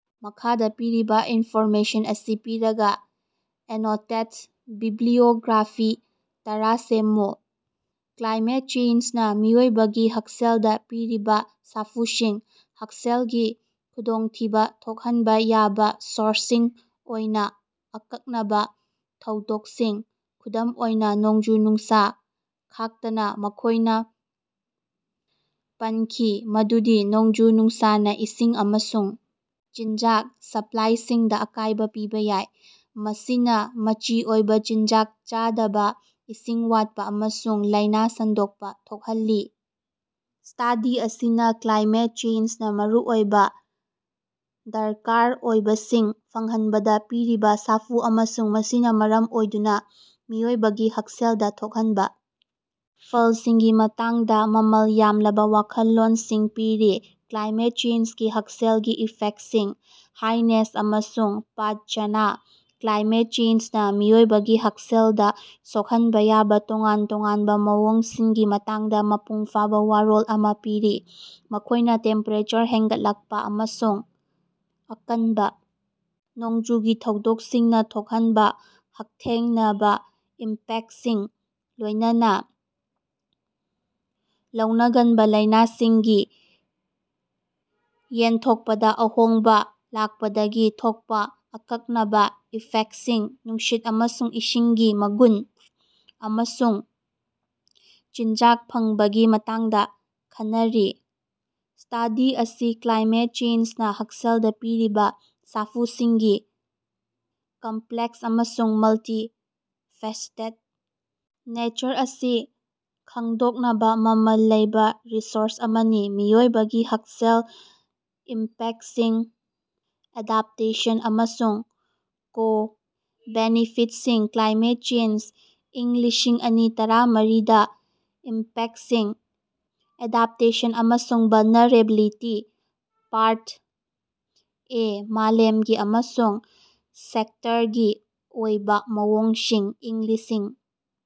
ꯃꯈꯥꯗ ꯄꯤꯔꯤꯕ ꯏꯟꯐꯣꯔꯃꯦꯁꯟ ꯑꯁꯤ ꯄꯤꯔꯒ ꯑꯦꯅꯣꯇꯦꯗ ꯕꯤꯕ꯭ꯂꯤꯑꯣꯒ꯭ꯔꯥꯐꯤ ꯇꯔꯥ ꯁꯦꯝꯃꯨ꯫ ꯀ꯭ꯂꯥꯏꯃꯦꯠ ꯆꯦꯟꯁꯅ ꯃꯤꯑꯣꯏꯕꯒꯤ ꯍꯛꯁꯦꯜꯗ ꯄꯤꯔꯤꯕ ꯁꯥꯐꯨꯁꯤꯡ꯫ ꯍꯛꯁꯦꯜꯒꯤ ꯈꯨꯗꯣꯡꯊꯤꯕ ꯊꯣꯛꯍꯟꯕ ꯌꯥꯕ ꯁꯣꯔꯁꯁꯤꯡ ꯑꯣꯏꯅ ꯑꯀꯛꯅꯕ ꯊꯧꯗꯣꯀꯁꯤꯡ, ꯈꯨꯗꯝ ꯑꯣꯏꯅ ꯅꯣꯡꯖꯨ-ꯅꯨꯡꯁꯥ ꯈꯥꯛꯇꯅ ꯃꯈꯣꯢꯅ ꯄꯟꯈꯤ ꯃꯗꯨꯗꯤ ꯅꯣꯡꯖꯨ-ꯅꯨꯡꯁꯥꯅ ꯏꯁꯤꯡ ꯑꯃꯁꯨꯡ ꯆꯤꯟꯖꯥꯛ ꯁꯞꯂꯥꯏꯁꯤꯡꯗ ꯑꯀꯥꯏꯕ ꯄꯤꯕ ꯌꯥꯏ꯫ ꯃꯁꯤꯅ ꯃꯆꯤ ꯑꯣꯏꯕ ꯆꯤꯟꯖꯥꯛ ꯆꯥꯗꯕ, ꯏꯁꯤꯡ ꯋꯥꯠꯄ ꯑꯃꯁꯨꯡ ꯂꯥꯏꯅ ꯁꯟꯗꯣꯛꯄ ꯊꯣꯛꯍꯜꯂꯤ꯫ ꯁ꯭ꯇꯗꯤ ꯑꯁꯤꯅꯥ ꯀ꯭ꯂꯥꯏꯃꯦꯠ ꯆꯦꯟꯖꯅ ꯃꯔꯨꯑꯣꯏꯕ ꯗꯔꯀꯥꯔ ꯑꯣꯏꯕꯁꯤꯡ ꯐꯪꯍꯟꯕꯗ ꯄꯤꯔꯤꯕ ꯁꯥꯐꯨ ꯑꯃꯁꯨꯡ ꯃꯁꯤꯅ ꯃꯔꯝ ꯑꯣꯏꯗꯨꯅ ꯃꯤꯑꯣꯏꯕꯒꯤ ꯍꯛꯁꯦꯜꯗ ꯊꯣꯛꯍꯟꯕ ꯐꯜꯁꯤꯡꯒꯤ ꯃꯇꯥꯡꯗ ꯃꯃꯥꯜ ꯌꯥꯝꯂꯕ ꯋꯥꯈꯜꯂꯣꯟꯁꯤꯡ ꯄꯤꯔꯤ꯫ ꯀ꯭ꯂꯥꯏꯃꯦꯠ ꯆꯦꯟꯖꯒꯤ ꯍꯛꯁꯦꯜꯒꯤ ꯏꯐꯦꯛꯇꯁꯤꯡ ꯍꯥꯏꯅꯦꯁ ꯑꯃꯁꯨꯡ ꯄꯥꯠꯖꯅꯥ ꯀ꯭ꯂꯥꯏꯃꯦꯠ ꯆꯦꯟꯖꯅ ꯃꯤꯑꯣꯏꯕꯒꯤ ꯍꯛꯁꯦꯜꯗ ꯁꯣꯛꯍꯟꯕ ꯌꯥꯕ ꯇꯣꯉꯥꯟ ꯇꯣꯉꯥꯟꯕ ꯃꯑꯣꯡꯁꯤꯡꯒꯤ ꯃꯇꯥꯡꯗ ꯃꯄꯨꯡ ꯐꯥꯕ ꯋꯥꯔꯣꯜ ꯑꯃ ꯄꯤꯔꯤ꯫ ꯃꯈꯣꯢꯅ ꯇꯦꯝꯄꯦꯔꯦꯆꯔ ꯍꯦꯟꯒꯠꯂꯛꯄ ꯑꯃꯁꯨꯡ ꯑꯀꯥꯟꯕ ꯅꯣꯡꯖꯨꯒꯤ ꯊꯧꯗꯣꯛꯁꯤꯡꯅ ꯊꯣꯛꯍꯟꯕ ꯍꯛꯊꯦꯡꯅꯕ ꯏꯝꯄꯦꯛꯇꯁꯤꯡ ꯂꯣꯏꯅꯅ ꯂꯧꯅꯒꯟꯕ ꯂꯥꯏꯅꯁꯤꯡꯒꯤ ꯌꯦꯟꯊꯣꯛꯄꯗ ꯑꯍꯣꯡꯕ ꯂꯥꯛꯄꯗꯒꯤ ꯊꯣꯛꯄ ꯑꯀꯛꯅꯕ ꯏꯐꯦꯛꯇꯁꯤꯡ, ꯅꯨꯡꯁꯤꯠ ꯑꯃꯁꯨꯡ ꯏꯁꯤꯡꯒꯤ ꯃꯒꯨꯟ, ꯑꯃꯁꯨꯡ ꯆꯤꯟꯖꯥꯛ ꯐꯪꯕꯒꯤ ꯃꯇꯥꯡꯗ ꯈꯟꯅꯔꯤ꯫ ꯁ꯭ꯇꯗꯤ ꯑꯁꯤ ꯀ꯭ꯂꯥꯏꯃꯦꯠ ꯆꯦꯟꯖꯅ ꯍꯛꯁꯦꯜꯗ ꯄꯤꯔꯤꯕ ꯁꯥꯐꯨꯁꯤꯡꯒꯤ ꯀꯝꯄꯂꯦꯛꯁ ꯑꯃꯁꯨꯡ ꯃꯜꯇꯤ-ꯐꯦꯁꯦꯇꯦꯗ ꯅꯦꯆꯔ ꯑꯁꯤ ꯈꯪꯗꯣꯛꯅꯕ ꯃꯃꯥꯜ ꯂꯩꯕ ꯔꯤꯁꯣꯔꯁ ꯑꯃꯅꯤ꯫ ꯃꯤꯑꯣꯏꯕꯒꯤ ꯍꯛꯁꯦꯜ ꯏꯝꯄꯦꯛꯁꯤꯡ, ꯑꯦꯗꯥꯞꯇꯦꯁꯟ, ꯑꯃꯁꯨꯡ ꯀꯣ-ꯕꯦꯅꯤꯐꯤꯠꯁꯤꯡ, ꯀ꯭ꯂꯥꯏꯃꯦꯠ ꯆꯦꯟꯖ ꯏꯪ ꯂꯤꯁꯤꯡ ꯑꯅꯤ ꯇꯔꯥꯃꯔꯤ ꯗꯥ ꯏꯝꯄꯦꯛꯁꯤꯡ, ꯑꯦꯗꯥꯞꯇꯦꯁꯟ, ꯑꯃꯁꯨꯡ ꯚꯜꯅꯦꯔꯦꯕꯤꯂꯤꯇꯤ ꯄꯥꯔꯠ ꯑꯦ- ꯃꯥꯂꯦꯝꯒꯤ ꯑꯃꯁꯨꯡ ꯁꯦꯛꯇꯔꯒꯤ ꯑꯣꯏꯕ ꯃꯑꯣꯡꯁꯤꯡ ꯏꯪ ꯂꯤꯁꯤꯡ